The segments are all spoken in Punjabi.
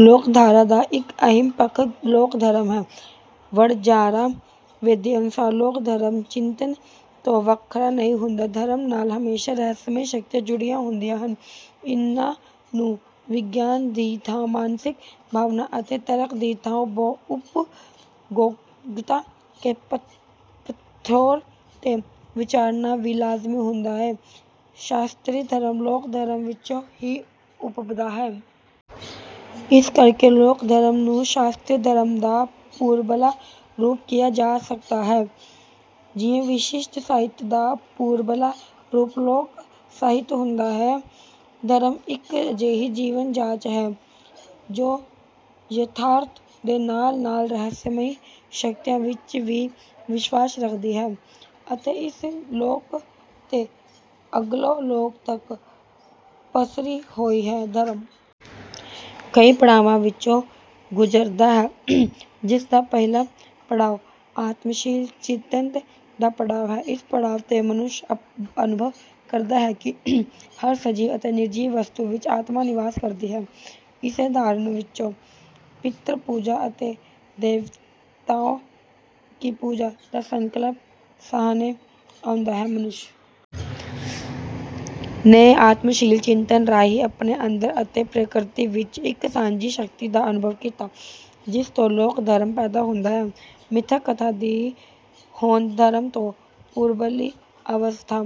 ਲੋਕਧਾਰਾ ਦਾ ਇੱਕ ਅਹਿਮ ਪੱਖ ਲੋਕ-ਧਰਮ ਹੈ। ਵਣਜਾਰਾ ਬੇਦੀ ਅਨੁਸਾਰ ਲੋਕ-ਧਰਮ ਚਿੰਤਨ ਤੋਂ ਵੱਖਰਾ ਨਹੀਂ ਹੁੰਦਾ। ਧਰਮ ਨਾਲ ਹਮੇਸ਼ਾ ਰਹੱਸਮਈ ਸ਼ਕਤੀਆਂ ਜੁੜੀਆਂ ਹੁੰਦੀਆਂ ਹਨ। ਇਨ੍ਹਾਂ ਨੂੰ ਵਿਗਿਆਨ ਦੀ ਥਾਂ ਮਾਨਸਿਕ ਭਾਵਨਾਵਾਂ ਅਤੇ ਤਰਕ ਦੀ ਥਾਂ ਉਪਯੋਗਤਾ ਦੇ ਪੱਧਰ ’ਤੇ ਵਿਚਾਰਨਾ ਵੀ ਲਾਜ਼ਮੀ ਹੁੰਦਾ ਹੈ ਸ਼ਾਸਤਰੀ ਧਰਮ ਲੋਕ-ਧਰਮ ਵਿੱਚੋਂ ਹੀ ਉਪਜਦਾ ਹੈ। ਇਸ ਕਰਕੇ ਲੋਕ-ਧਰਮ ਨੂੰ ਸ਼ਾਸਤਰੀ ਧਰਮ ਦਾ ਪੂਰਬਲਾ ਰੂਪ ਕਿਹਾ ਜਾ ਸਕਦਾ ਹੈ, ਜਿਵੇਂ ਵਿਸ਼ਿਸ਼ਟ ਸਾਹਿਤ ਦਾ ਪੂਰਬਲਾ ਰੂਪ ਲੋਕ-ਸਾਹਿਤ ਹੁੰਦਾ ਹੈ। ਧਰਮ ਇੱਕ ਅਜਿਹੀ ਜੀਵਨ-ਜਾਚ ਹੈ ਜੋ ਯਥਾਰਥ ਦੇ ਨਾਲ-ਨਾਲ ਰਹੱਸਮਈ ਸ਼ਕਤੀਆਂ ਵਿੱਚ ਵੀ ਵਿਸ਼ਵਾਸ ਰੱਖਦੀ ਹੈ ਅਤੇ ਇਸ ਲੋਕ ਤੋਂ ਅਗਲੇ ਲੋਕ ਤੱਕ ਪਸਰੀ ਹੋਈ ਹੈ। ਧਰਮ ਕਈ ਪੜਾਵਾਂ ਵਿੱਚੋਂ ਗੁਜ਼ਰਦਾ ਹੈ, ਜਿਸ ਦਾ ਪਹਿਲਾ ਪੜਾਅ ਆਤਮਸ਼ੀਲ ਚਿੰਤਨ ਦਾ ਪੜਾਅ ਹੈ। ਇਸ ਪੜਾਅ ’ਤੇ ਮਨੁੱਖ ਅਨੁਭਵ ਕਰਦਾ ਹੈ ਕਿ ਹਰ ਸਜੀਵ ਅਤੇ ਨਿਰਜੀਵ ਵਸਤੂ ਵਿੱਚ ਆਤਮਾ ਨਿਵਾਸ ਕਰਦੀ ਹੈ। ਇਸੇ ਧਾਰਨਾ ਵਿੱਚੋਂ ਪਿਤਰ-ਪੂਜਾ ਅਤੇ ਦੇਵਤਿਆਂ ਦੀ ਪੂਜਾ ਦਾ ਸੰਕਲਪ ਸਾਹਮਣੇ ਆਉਂਦਾ ਹੈ। ਮਨੁੱਖ ਨੇ ਆਤਮਸ਼ੀਲ ਚਿੰਤਨ ਰਾਹੀਂ ਆਪਣੇ ਅੰਦਰ ਅਤੇ ਪ੍ਰਕਿਰਤੀ ਵਿੱਚ ਇੱਕ ਸਾਂਝੀ ਸ਼ਕਤੀ ਦਾ ਅਨੁਭਵ ਕੀਤਾ, ਜਿਸ ਤੋਂ ਲੋਕ-ਧਰਮ ਪੈਦਾ ਹੁੰਦਾ ਹੈ ਮਿਥਕ-ਕਥਾ ਦੀ ਹੋਂਦ ਧਰਮ ਤੋਂ ਪੂਰਬਲੀ ਅਵਸਥਾ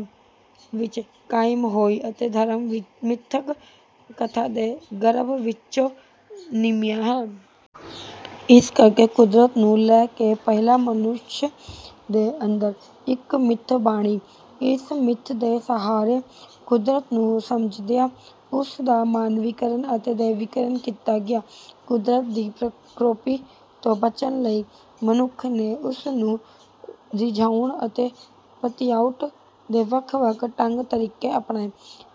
ਵਿੱਚ ਕਾਇਮ ਹੋਈ ਅਤੇ ਧਰਮ ਮਿਥਕ-ਕਥਾ ਦੇ ਗਰਭ ਵਿੱਚੋਂ ਨਿਮਿਆ। ਇਸ ਕਰਕੇ ਕੁਦਰਤ ਨੂੰ ਲੈ ਕੇ ਪਹਿਲਾਂ ਮਨੁੱਖ ਦੇ ਅੰਦਰ ਇੱਕ ਮਿੱਥ ਬਣੀ। ਇਸ ਮਿੱਥ ਦੇ ਸਹਾਰੇ ਕੁਦਰਤ ਨੂੰ ਸਮਝਦਿਆਂ ਉਸ ਦਾ ਮਾਨਵੀਕਰਨ ਅਤੇ ਦੈਵੀਕਰਨ ਕੀਤਾ ਗਿਆ। ਕੁਦਰਤ ਦੀ ਕ੍ਰੋਪੀ ਤੋਂ ਬਚਣ ਲਈ ਮਨੁੱਖ ਨੇ ਉਸ ਨੂੰ ਰਿਝਾਉਣ ਅਤੇ ਪਤਿਆਉਣ ਦੇ ਵੱਖ-ਵੱਖ ਢੰਗ-ਤਰੀਕੇ ਅਪਣਾਏ,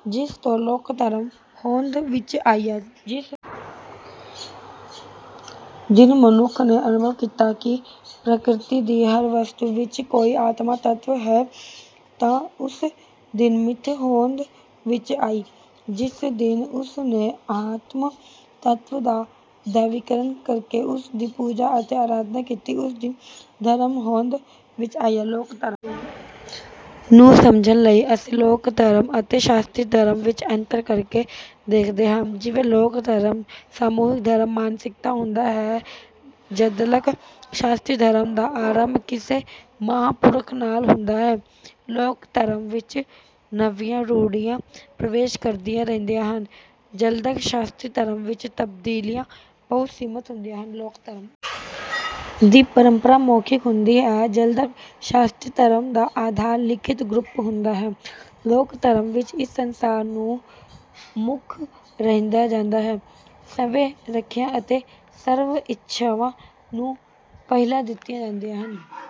ਜਿਸ ਤੋਂ ਲੋਕ-ਧਰਮ ਹੋਂਦ ਵਿੱਚ ਆਇਆ। ਜਿਸ ਦਿਨ ਮਨੁੱਖ ਨੇ ਅਨੁਭਵ ਕੀਤਾ ਕਿ ਪ੍ਰਕਿਰਤੀ ਦੀ ਹਰ ਵਸਤੂ ਵਿੱਚ ਕੋਈ ਆਤਮ-ਤੱਤ ਹੈ, ਉਸ ਦਿਨ ਮਿੱਥ ਹੋਂਦ ਵਿੱਚ ਆਈ। ਜਿਸ ਦਿਨ ਉਸ ਨੇ ਆਤਮ-ਤੱਤ ਦਾ ਦੈਵੀਕਰਨ ਕਰਕੇ ਉਸ ਦੀ ਪੂਜਾ ਅਤੇ ਅਰਾਧਨਾ ਕੀਤੀ, ਉਸ ਦਿਨ ਧਰਮ ਹੋਂਦ ਵਿੱਚ ਆਇਆ। ਲੋਕ-ਧਰਮ ਨੂੰ ਸਮਝਣ ਲਈ ਅਸੀਂ ਲੋਕ-ਧਰਮ ਅਤੇ ਸ਼ਾਸਤਰੀ ਧਰਮ ਵਿੱਚ ਅੰਤਰ ਕਰਕੇ ਦੇਖਦੇ ਹਾਂ। ਜਿਵੇਂ ਲੋਕ-ਧਰਮ ਸਮੂਹਿਕ ਧਾਰਮਿਕ ਮਾਨਸਿਕਤਾ ਹੁੰਦਾ ਹੈ, ਜਦਕਿ ਸ਼ਾਸਤਰੀ ਧਰਮ ਦਾ ਆਰੰਭ ਕਿਸੇ ਮਹਾਂਪੁਰਖ ਨਾਲ ਹੁੰਦਾ ਹੈ। ਲੋਕ-ਧਰਮ ਵਿੱਚ ਨਵੀਆਂ ਰੂੜੀਆਂ ਪ੍ਰਵੇਸ਼ ਕਰਦੀਆਂ ਰਹਿੰਦੀਆਂ ਹਨ, ਜਦਕਿ ਸ਼ਾਸਤਰੀ ਧਰਮ ਵਿੱਚ ਤਬਦੀਲੀਆਂ ਬਹੁਤ ਸੀਮਿਤ ਹੁੰਦੀਆਂ ਹਨ। ਲੋਕ-ਧਰਮ ਦੀ ਪਰੰਪਰਾ ਮੌਖਿਕ ਹੁੰਦੀ ਹੈ, ਜਦਕਿ ਸ਼ਾਸਤਰੀ ਧਰਮ ਦਾ ਆਧਾਰ ਲਿਖਤੀ ਗ੍ਰੰਥ ਹੁੰਦਾ ਹੈ। ਲੋਕ-ਧਰਮ ਵਿੱਚ ਇਸ ਸੰਸਾਰ ਨੂੰ ਮੁੱਖ ਰੱਖਿਆ ਜਾਂਦਾ ਹੈ। ਸਵੈ-ਰੱਖਿਆ ਅਤੇ ਸਵੈ-ਇੱਛਾਵਾਂ ਨੂੰ ਪਹਿਲ ਦਿੱਤੀ ਜਾਂਦੀ ਹੈ।